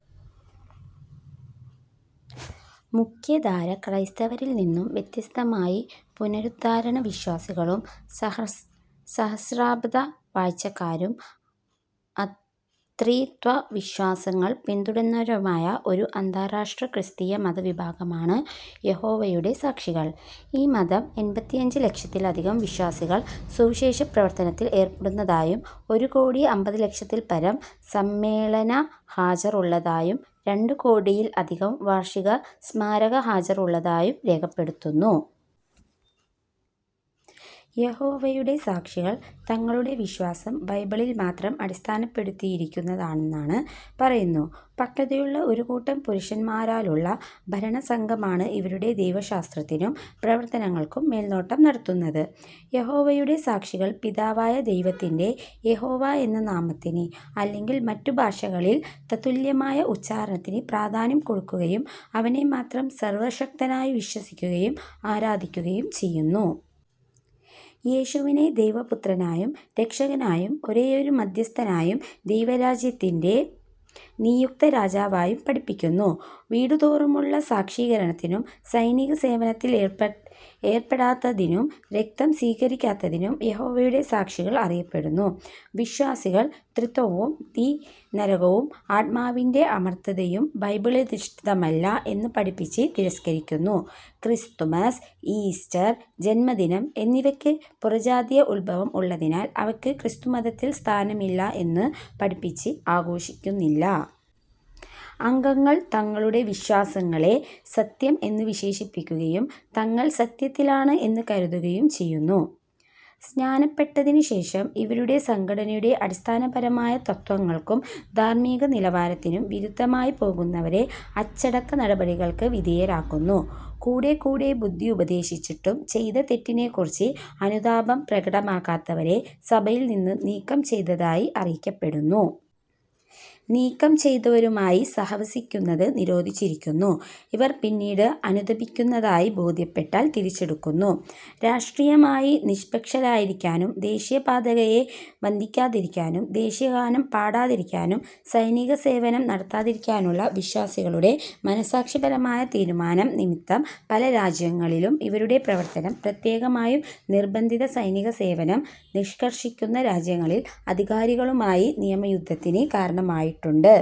മുഖ്യധാരാക്രൈസ്തവരിൽ നിന്നു വ്യത്യസ്തമായി പുനരുദ്ധാരണവിശ്വാസികളും, സഹസ്രാബ്ദവാഴ്ച്ചക്കാരും, അത്രിത്വവിശ്വാസങ്ങൾ പിന്തുടരുന്നവരുമായ ഒരു അന്താരാഷ്ട്ര ക്രിസ്തീയ മതവിഭാഗമാണ് യഹോവയുടെ സാക്ഷികൾ. ഈ മതം എണ്പത്തിയഞ്ച് ലക്ഷത്തിലധികം വിശ്വാസികൾ സുവിശേഷപ്രവർത്തനത്തിൽ ഏർപ്പെടുന്നതായും, ഒരു കോടി അമ്പതു ലക്ഷത്തിൽപരം സമ്മേളനഹാജർ ഉള്ളതായും രണ്ട് കോടിയിൽ അധികം വാർഷിക സ്മാരക ഹാജർ ഉള്ളതായും രേഖപ്പെടുത്തുന്നു. യഹോവയുടെ സാക്ഷികൾ തങ്ങളുടെ വിശ്വാസം ബൈബിളിൽ മാത്രം അടിസ്ഥാനപ്പെടുത്തിയിരിക്കുന്നതാണെന്ന് പറയുന്നു. പക്വതയുള്ള ഒരു കൂട്ടം പുരുഷന്മാരാലുള്ള ഭരണസംഘമാണ് ഇവരുടെ ദൈവശാസ്ത്രത്തിനും, പ്രവർത്തനങ്ങൾക്കും മേൽനോട്ടം നടത്തുന്നത് യഹോവയുടെ സാക്ഷികൾ പിതാവായ ദൈവത്തിന്റെ യഹോവ എന്ന നാമത്തിന്—അല്ലെങ്കിൽ മറ്റുഭാഷകളിൽ തത്തുല്യമായ ഉച്ചാരണത്തിന്—പ്രാധാന്യം കൊടുക്കുകയും അവനെ മാത്രം സർവ്വശക്തനായ് വിശ്വസിക്കുകയും ആരാധിക്കുകയും ചെയ്യുന്നു. യേശുവിനെ ദൈവപുത്രനായും, രക്ഷകനായും, ഒരേയൊരു മദ്ധ്യസ്ഥനായും, ദൈവരാജ്യത്തിന്റെ നിയുക്ത രാജാവായും പഠിപ്പിക്കുന്നു. വീടുതോറുമുള്ള സാക്ഷീകരണത്തിനും, സൈനിക സേവനത്തിൽ ഏർപ്പെടാത്തതിനും, രക്തം സ്വീകരിക്കാത്തതിനും യഹോവയുടെ സാക്ഷികൾ അറിയപ്പെടുന്നു. വിശ്വാസികൾ ത്രിത്വവും, തീ നരകവും, ആത്മാവിന്റെ അമർത്യതയും ബൈബിളധിഷ്ഠിതമല്ല എന്ന് പഠിപ്പിച്ച് തിരസ്കരിക്കുന്നു. ക്രിസ്തുമസ്, ഈസ്റ്റർ, ജന്മദിനം എന്നിവയ്ക്ക് പുറജാതീയ ഉദ്ഭവം ഉള്ളതിനാൽ അവയ്ക്ക് ക്രിസ്തുമതത്തിൽ സ്ഥാനമില്ല എന്നു പഠിപ്പിച്ച് ആഘോഷിക്കുന്നില്ല. അംഗങ്ങൾ തങ്ങളുടെ വിശ്വാസങ്ങളെ "സത്യം" എന്ന് വിശേഷിപ്പിക്കുകയും, തങ്ങൾ "സത്യത്തിലാണ്" എന്ന് കരുതുകയും ചെയ്യുന്നു. സ്നാനപ്പെട്ടതിനു ശേഷം ഇവരുടെ സംഘടനയുടെ അടിസ്ഥാനപരമായ തത്ത്വങ്ങൾക്കും, ധാർമ്മിക നിലവാരത്തിനും വിരുദ്ധമായി പോകുന്നവരെ അച്ചടക്ക നടപടികൾക്ക് വിധേയരാക്കുന്നു. കൂടെക്കൂടെ ബുദ്ധിയുപദേശിച്ചിട്ടും ചെയ്ത തെറ്റിനെക്കുറിച്ച് അനുതാപം പ്രകടമാക്കാത്തവരെ സഭയിൽ നിന്ന് നീക്കം ചെയ്തതായി അറിയിക്കപ്പെടുന്നു. നീക്കം ചെയ്തവരുമായി സഹവസിക്കുന്നത് നിരോധിച്ചിരിക്കുന്നു. ഇവർ പിന്നീട് അനുതപിക്കുന്നതായി ബോധ്യപ്പെട്ടാൽ തിരിച്ചെടുക്കുന്നു. രാഷ്ട്രീയമായി നിഷ്പക്ഷരായിരിക്കാനും, ദേശീയപതാകയെ വന്ദിക്കാതിരിക്കാനും, ദേശീയഗാനം പാടാതിരിക്കാനും, സൈനിക സേവനം നടത്താതിരിക്കാനുള്ള വിശ്വാസികളുടെ മനസാക്ഷിപരമായ തീരുമാനം നിമിത്തം പല രാജ്യങ്ങളിലും ഇവരുടെ പ്രവർത്തനം, പ്രത്യേകമായും നിർബന്ധിത സൈനിക സേവനം നിഷ്കർഷിക്കുന്ന രാജ്യങ്ങളിൽ അധികാരികളുമായി നിയമയുദ്ധത്തിനു കാരണമായിട്ടുണ്ട്.